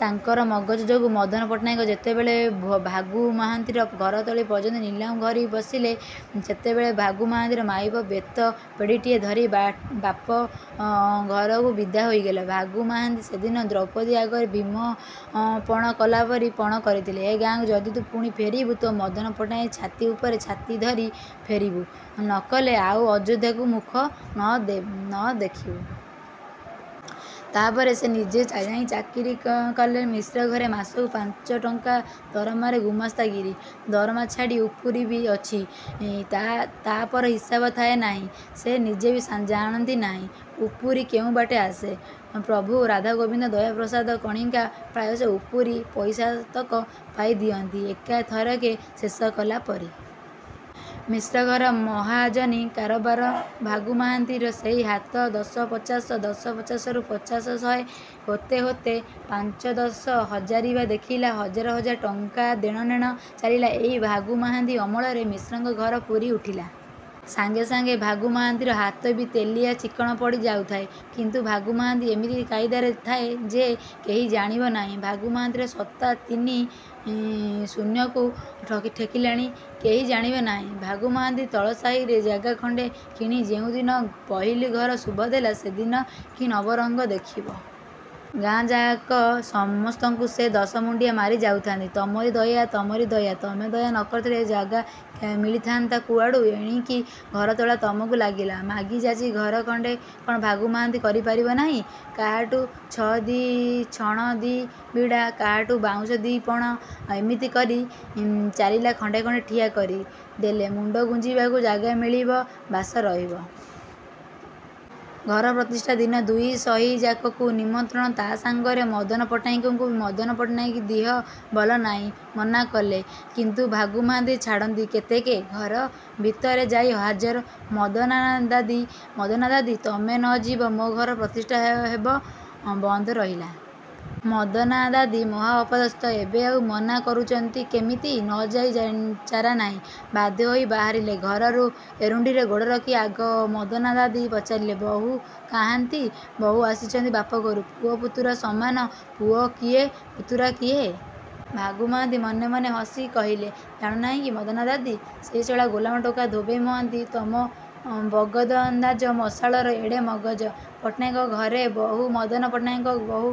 ତାଙ୍କର ମଗଜ ଯୋଗୁଁ। ମଦନ ପଟ୍ଟନାୟକେ ଯେତେବେଳେ ଭାଗୁ ମହାନ୍ତିର ଘରତଳି ପର୍ଯ୍ୟନ୍ତ ନିଲାମ କରି ବସିଲେ, ସେତେବେଳେ ଭାଗୁ ମହାନ୍ତିର ମାଇପ ବେତପେଡ଼ିଟିଏ ଧରି ବାପ ଘରକୁ ବିଦା ହୋଇଗଲା। ଭାଗୁ ମହାନ୍ତି ସେଦିନ ଦ୍ରୌପଦୀ ଆଗରେ ଭୀମ ପଣ କଲାପରି ପଣ କରିଥିଲେ, ଏ ଗାଁକୁ ଯଦି ତୁ ପୁଣି ଫେରିବୁ ତ ମଦନ ପଟ୍ଟନାୟକ ଛାତି ଉପରେ ଛାତି ଧରି ଫେରିବୁ ନଇଲେ ଆଉ ଅଯୋଧ୍ୟା ମୁଖ ନ ଦେଖିବୁ। ତା'ପରେ ସେ ନିଜେ ଯାଇ ଚାକିରି କଲେ ମିଶ୍ର ଘରେ ମାସକୁ ପାଞ୍ଚ ଟଙ୍କା ଦରମାରେ ଗୁମାସ୍ତା ଗିରି। ଦରମା ଛାଡ଼ି ଉପୁରିବି ଅଛି। ତା'ର ହିସାବ ଥାଏ ନାହିଁ। ସେ ନିଜେବି ଜାଣନ୍ତି ନାହିଁ ଉପୁରି କେଉଁ ବାଟେ ଆସେ। ପ୍ରଭୁ ରାଧାଗୋବିନ୍ଦ ଦୟା ପ୍ରସାଦ କଣିକା ପ୍ରାୟ ସେ ଉପୁରି ପଇସାତକ ପାଇ ଦିଅନ୍ତି ଏକା ଥରକେ ଶେଷ କଲା ପରି। ମିଶ୍ର ଘର ମହାଜନି କାରବାର। ଭାଗୁ ମହାନ୍ତିଙ୍କର ସେଇ ହାତ ଦଶ ପଚାଶ, ଦଶ ପଚାଶରୁ ପଚାଶ ଶହେ, ହୋତେ ହୋତେ ପାଞ୍ଚ ଦଶ ହଜାରବି ଦେଖିଲା ହଜାର ହଜାର ଟଙ୍କା ଦେଣନେଣ ଚାଲିଲା ଏଇ ଭାଗୁ ମହାନ୍ତି ଅମଳରେ। ମିଶ୍ରଙ୍କ ଘର ପୂରି ଉଠିଲା। ସାଙ୍ଗେ ସାଙ୍ଗେ ଭାଗୁ ମହାନ୍ତିର ହାତବି ତେଲିଆ ଚିକଣା ପଡ଼ି ଯାଉଥାଏ। କିନ୍ତୁ ଭାଗୁ ମହାନ୍ତି ଏମିତି କାଇଦାରେ ଥାଏ ଯେ, କେହି ଜାଣିବ ନାହିଁ ଭାଗୁ ମହାନ୍ତିର ସଞ୍ଚା ତିନି ଶୂନ୍ୟକୁ ଠେକିଲାଣି କେହି ଜାଣିବ ନାହିଁ। ଭାଗୁ ମହାନ୍ତି ତଳ ସାହିରେ ଜାଗା ଖଣ୍ଡେ କିଣି ଯେଉଁଦିନ ପହିଲୁ ଘର ଶୁଭ ଦେଲେ, ସେ ଦିନ କି ନବରଙ୍ଗ ଦେଖିବ। ଗାଁଯାକ ସମସ୍ତକୁ ସେ ଦଶ ମୁଣ୍ଡିଆ ମାରି ଯାଉଥାନ୍ତି, ''ତମରି ଦୟା ତମରି ଦୟା ତମେ ଦୟା ନ କରିଥିଲେ ଏ ଜେଗା ମିଳିଥାନ୍ତା କୁଆଡ଼ୁ। ଏଣିକି ଘର ତୋଳା ତମକୁ ଲାଗିଲା। ମାଗିଯାଚି ଘର ଖଣ୍ଡେ କ'ଣ ଭାଗୁ ମହାନ୍ତି କରିପାରିବ ନାହିଁ। କାହାଠୁ ଛଣ ଦି' ବିଡ଼ା, କାହାଠୁ ବାଉଁଶ ଦି'ପଣ ଏମିତି କରି ଚାଳିଆ ଖଣ୍ଡେ ଠିଆ କରି ଦେଲେ ମୁଣ୍ଡ ଗୁଞ୍ଜିବାକୁ ଜାଗା ମିଳିବ ବାସ ରହିବ। '' ଘର ପ୍ରତିଷ୍ଠା ଦିନ ଦୁଇ ସାହିଯାକକୁ ନିମନ୍ତ୍ରଣ ତା' ସାଙ୍ଗରେ ମଦନ ପଟ୍ଟନାୟକଙ୍କୁବି। ମଦନ ପଟ୍ଟନାୟକ ଦିହ ଭଲ ନାହିଁ ମନା କଲେ। କିନ୍ତୁ ଭାଗୁ ମହାନ୍ତି ଛାଡ଼ନ୍ତି କେତେକେ! ଘର ଭିତରେ ଯାଇ ହାଜର ''ମଦନାଦାଦି ମଦାନାଦାଦି ତମେ ନ ଯିବ ତ ମୋ ଘର ପ୍ରତିଷ୍ଠା ବନ୍ଦ ରହିଲା। '' ମଦନାଦାଦି ମହା ଅପଦସ୍ତ। ଏବେ ଆଉ ମନା କରୁଚନ୍ତି କିମିତି? ନ ଯାଇ ଚାରା ନାହିଁ। ବାଧ୍ୟ ହେଇ ବାହାରିଲେ। ଘର ଏରୁଣ୍ଡିରେ ଗୋଡ଼ରଖି ଆଗ 'ମଦନାଦାଦି' ପଚାରିଲେ, ''ବହୂ କାହାନ୍ତି? ବହୂ ଆସିଚନ୍ତି ବାପଘରୁ? '' ପୁଅ ପୁତୁରା ସମାନ ପୁଅ କିଏ ପୁତୁରା କିଏ? ଭାଗୁ ମହାନ୍ତି ମନେ ମନେ ହସିଲେ କହିଲେ''ଜାଣ ନାହିଁ କି ମଦନାଦାଦି? ସେଇ ଶଳା ଗୋଲାମ ଟେକା ଧୋବେଇ ମହାନ୍ତି ତମ ବଗକନ୍ଦାଜ ମଶଳାର ଏଡ଼େ ମଗଜ, ପଟ୍ଟନାୟକ ଘର ବହୂ, ମଦନ ପଟ୍ଟନାୟକଙ୍କ ବହୂ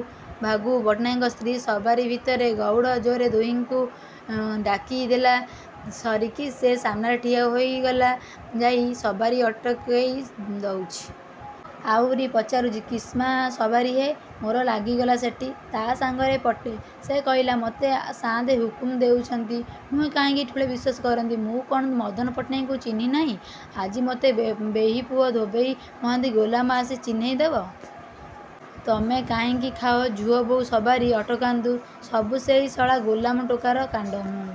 ଭାଗୁ ପଟ୍ଟନାୟକଙ୍କ ସ୍ତ୍ରୀ ସବାରୀ ଭିତରେ ଗଉଡ଼ ଜୋର୍ରେ ଦିହିଁଙ୍କି ଡାକି ଦେଲା ସରିକି ସେ ସାମନାରେ ଠିଆ ହେଇଯାଇ ସବାରୀ ଅଟକେଇ ଦଉଚି। ଆଉରି ପଚାରୁଚି 'କିସ୍କା ସବାରୀ ହେ! ' ମୋର ଲାଗିଗଲା ସେଠି ତା' ସାଙ୍ଗରେ ପଟେ। ସେ କହିଲା 'ମୋତେ ସାଆନ୍ତେ ହୁକୁମ ଦେଇଚନ୍ତି। ' ମୁଁ କାହିଁକି ଠୁଳେ ବିଶ୍ୱାସ କରନ୍ତି। ମୁଁ କ'ଣ ମଦନ ପଟ୍ଟନାହାକଙ୍କୁ ଚିହ୍ନି ନାହିଁ ଆଜି ମୋତେ ବେହିପୁଅ ଧୋବେଇ ମହାନ୍ତି ଗୋଲାମ ଆସି ଚିହ୍ନେଇ ଦେବ। ତମେ କାହିଁକି କାହା ଝୁଅ ବହୂ ସବାରୀ ଅଟକାନ୍ତ। ସବୁ ସେଇ ଶଳା ଗୋଲାମ ଟୋକାର କାଣ୍ଡ। ମୁଁ